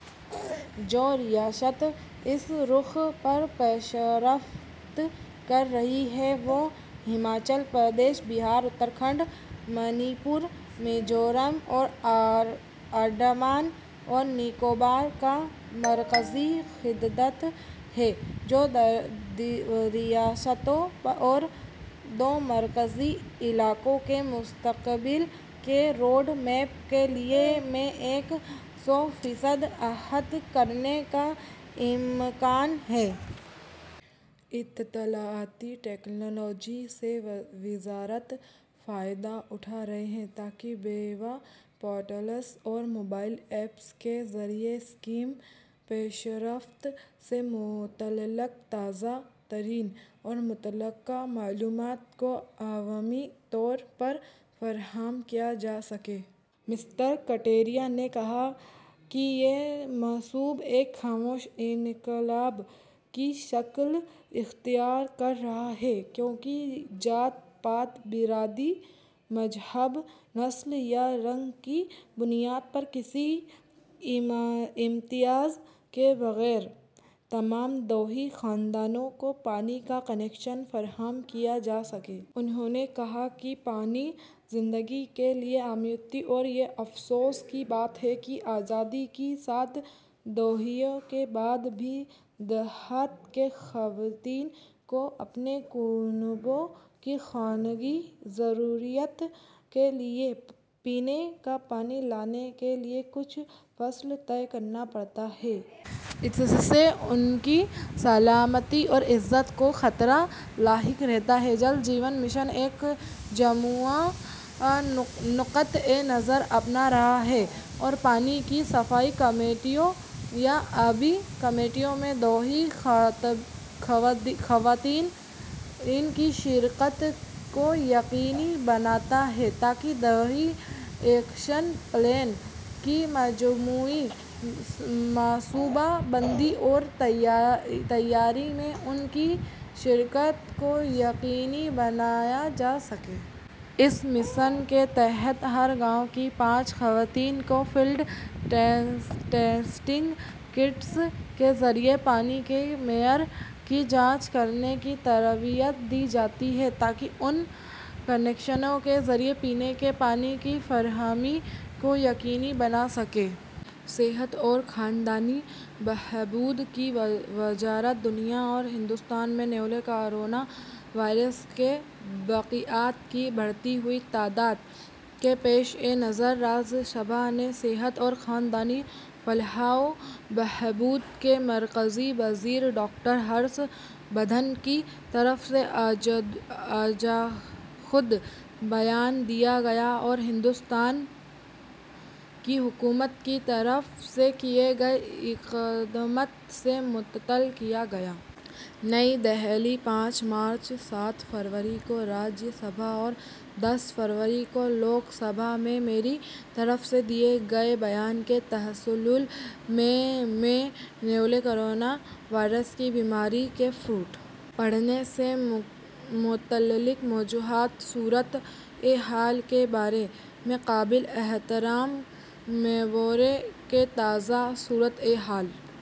جو ریاستیں اس رُخ پر پیش رفت کررہی ہیں وہ ہماچل پردیش، بہار، اتراکھنڈ، منی پور، میزورم اور انڈمان اور نکوبار کا مرکزی خطہ ہے۔ دو ریاستوں اور دو مرکزی علاقوں کے مستقبل کے روڈ میپ کے لئے میں ایک سو فیصد احاطہ کرنے کا امکان ہے۔ اطلاعاتی ٹکنالوجی سے وزارت فائدہ اٹھا رہی ہے تاکہ ویب پورٹلز اور موبائل ایپس کے ذریعے اسکیم کی پیش رفت سے متعلق تازہ ترین اور متعلقہ معلومات کو عوامی طور پر فراہم کیا جاسکے۔ مسٹر کٹیریا نے کہا کہ یہ منصوبہ ایک خاموش انقلاب کی شکل اختیار کر رہا ہے کیونکہ ذات پات، برادری، مذہب، نسل یا رنگ کی بنیاد پر کسی امتیاز کے بغیر تمام دیہی خاندانوں کو پانی کا کنکشن فراہم کیا جارہا ہے۔ انہوں نے کہا کہ پانی زندگی کیلئے امرت ہے اور یہ افسوس کی بات ہے کہ آزادی کی سات دہائیوں کے بعد بھی دیہات میں خواتین کو اپنے کنبوں کی خانگی ضروریات کے لئے پینے کا پانی لانے کے لئے کچھ فاصلہ طے کرنا پڑتا ہے۔ اس سے ان کی سلامتی اور عزت کو خطرہ لاحق رہتا ہے۔ جل جیون مشن ایک جامع نقطہ نظر اپنا رہا ہے اور پانی کی صفائی کمیٹیوں یا آبی کمیٹیوں میں دیہی خواتین کی شرکت کو یقینی بناتا ہے تاکہ دیہی ایکشن پلان کی مجموعی منصوبہ بندی اور تیاری میں ان کی شرکت کو یقینی بنایا جاسکے۔ اس مشن کے تحت ہر گاؤں کی پانچ خواتین کو فیلڈ ٹیسٹنگ کٹس کے ذریعے پانی کے معیار کی جانچ کرنے کی تربیت دی جاتی ہے تاکہ ان کنکشنوں کے ذریعے پینے کے پانی کی فراہمی کو یقینی بنایا جاسکے۔ صحت اور خاندانی بہبود کی وزارت دنیا اور ہندوستان میں نوویل کورونا وائرس کے واقعات کی بڑھتی ہوئی تعداد کے پیش نظر راجیہ سبھا میں صحت اور خاندانی فلاح و بہبود کے مرکزی وزیر ڈاکٹر ہرش وردھن کی طرف سے ازخود بیان دیا گیا اور ہندوستان کی حکومت کی طرف سے کئے گئے اقدامات سے مطلع کیا گیا۔ نئی دہلی، پانچ مارچ، سات فروری کو راجیہ سبھا اور اور دس فروری کو لوک سبھا میں میری طرف سے دیئے گئے بیان کے تسلسل میں، میں نوویل کورونا وائرس بیماری کے پھوٹ پڑنے سے متعلق موجودہ صورتحال کے بارے میں قابل احترام ممبروں کو تازہ صورتحال